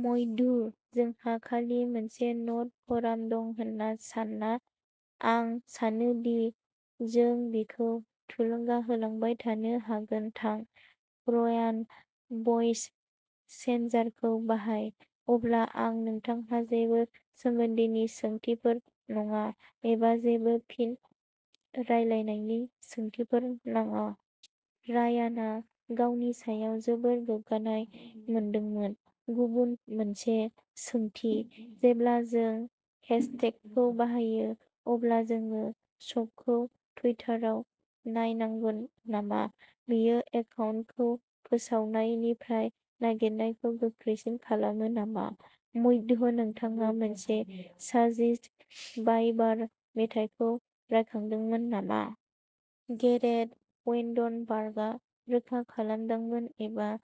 मयदु जोंहा खालि मोनसे नट फराम दं होन्ना सान्ना, आं सानो दि जों बिखौ थुलुंगा होलांबाय थानो हागोन थां, रयान भ'इस चेन्जारखौ बाहाय। अब्ला मा नोंथांहा जेबो सोमोन्दोनि सोंथिफोर नंङा एबा जेबो फिन रायलायनायनि सोंथिफोर नंङा? रयानआ गावनि सायाव जोबोद गोग्गानाय मोनदोंमोन। गुबुन मोनसे सोंथि। जेब्ला जों हेशटेगखौ बाहायो अब्ला जोंङो श'खौ टुइटाराव नायनांगोन नामा? बेयो एकाउन्टखौ फोसावनायनिफ्राय नागिरनायखौ गोख्रैसिन खालामो नामा? मैथ्यू नोंथाङा मोनसे जास्टिन बाइबार मेथाइखौ रायखांदोंमोन नामा? गेरेट वेन्डेनबार्गआ रोखा खालामदोंमोन एबा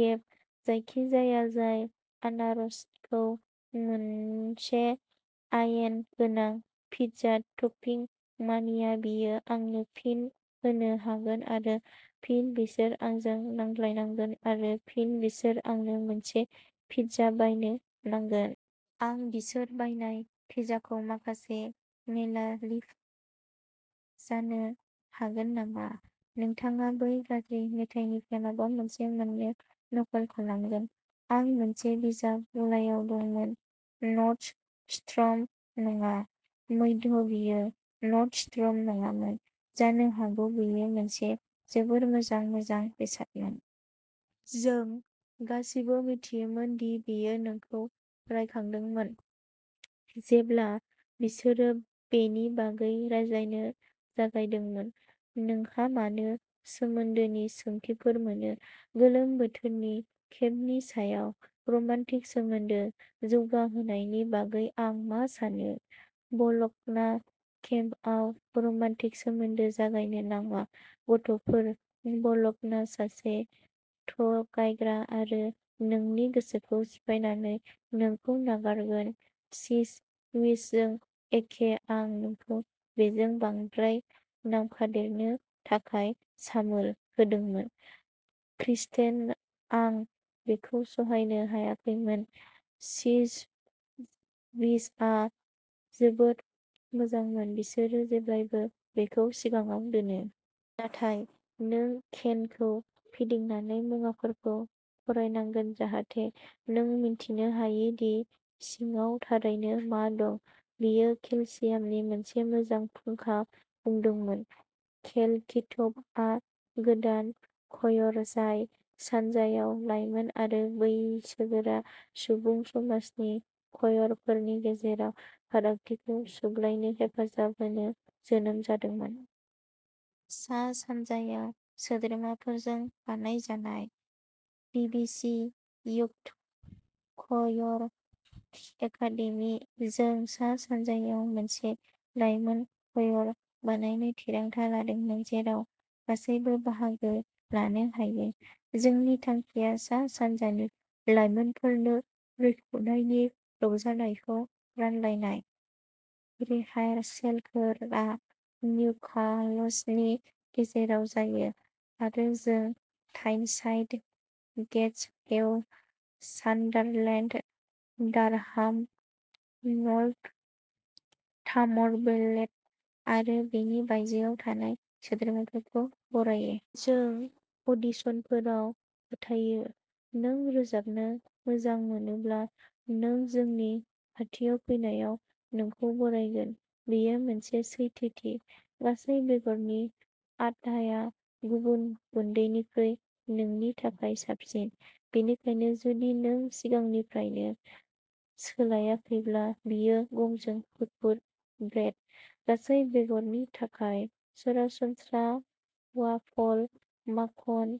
गेब जायखिजाया जाय आनारसखौ मोनसे आयेन गोनां पिज्जा टपिं मानिया बियो आंनो फिन होनो हागोन आरो फिन बिसोर आंजों नांलायनांगोन आरो फिन बिसोर आंनो मोनसे पिज्जा बायनो नांगोन। आं बिसोर बायनाय पिज्जाखौ माखासे मेनालिभ जानो हागोन नामा? नोंथाङा बै गाज्रि मेथाइनिफ्राय माबा मोनसे मानो नखल खालामगोन? "आं मोनसे बिजाब गलायाव दंमोन नर्डस्ट्रम" नङा, मैथ्यू, बेयो नर्डस्ट्रम नङामोन। जानो हागौ बेयो मोनसे जोबोद मोजां मोजां बेसादमोन। जों गासिबो मिथियोमोन दि बेयो नोंखौ रायखांदोंमोन जेब्ला बिसोरो बेनि बागै रायज्लायनो जागायदोंमोन। नोंहा मानो सोमोन्दोनि सोंथिफोर मोनो? गोलोम बोथोरनि केम्पनि समाव रमान्टिक सोमोन्दो जौगाहोनायनि बागै आं मा सानो? बल'गना केम्पआव रमान्टिक सोमोन्दो जागायनो नाङा, गथ'फोर बल'गना सासे थगायग्रा आरो नोंनि गोसोखौ सिफायनानै नोंखौ नागारगोन चिज विजजों एखे आं नोंखौ बेजों बांद्राय नांफादेरनो थाखाय सामोल होदोंमोन, क्रिस्टेन आं बेखौ सहायनो हायाखैमोन चिज विजआ जोबोद मोजांमोन बिसोरो जेब्लाबो बेखौ सिगाङाव दोनो। नाथाय नों केनखौ फिदिंनानै मुवाफोरखौ फरायनांगोन जाहाथे नों मिन्थिनो हायो दि सिङाव थारैनो मा दं! बेयो केलसियामनि मोनसे मोजां फुंखा बुंदोंमोन कलेक्टिभआ मोनसे गोदान क'यर, जाय सा-सानजायाव लाइमोन आरो बैसोगोरा सुबुं समाजनि क'यरफोरनि गेजेराव फारागथिखौ सुग्लायनो हेफाजाब होनो जोनोम जादोंमोन। सा-सानजायाव सोद्रोमाफोरजों बानायजानाय। बिबिसि युथ क'यर एकादेमि, जों सा-सानजायाव मोनसे लाइमोन क'यर बानायनो थिरांथा लादोंमोन, जेराव गासैबो बाहागो लानो हायो। जोंनि थांखिया सा-सानजानि लाइमोनफोरनो रोजाबनायनि रंजानायखौ रानलायनाय। रिहार्सेलफोरा निउकासलनि गेजेराव जायो आरो जों Tyneside, Gateshead, Sunderland, Durham, Northumberland आरो बेनि बायजोआव थानाय सोद्रोमाफोरखौ बरायो। जों अडिशनफोराव फोथायो, नों रोजाबनो मोजां मोनोब्ला, नों जोंनि खाथियाव फैनायाव नोंखौ बरायगोन। बेयो मोनसे सैथोथि। गासै बेगरनि आटाआ गुफुर गुन्दैनिख्रुइ नोंनि थाखाय साबसिन। बेनिखायनो जुदि नों सिगांनिफ्रायनो सोलायाखैब्ला, बेयो गमजों गुफुर ब्रेड, गासै-बेगरनि थाखाय सरासनस्रा वाफल, माखन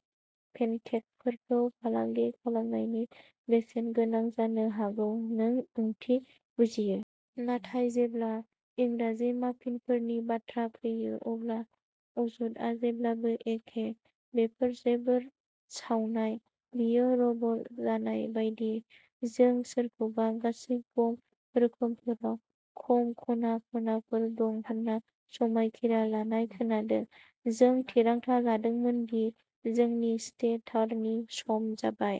पेनकेकफोरखौ फालांगि खालामनायनि बेसेनगोनां जानो हागौ नों ओंथि बुजियो। नाथाय जेब्ला इंराजि माफिनफोरनि बाथ्रा फैयो, अब्ला अजदआ जेब्लाबो एखे "बेफोर जोबोद सावनाय!" "बेयो रबर जानाय बायदि।" जों सोरखौबा गासै गम रोखोमफोराव खम खना-खनाफोर दं होनना समायखिरा लानाय खोनादों। जों थिरांथा लादोंमोन दि जोंनि टेस्टारनि सम जाबाय।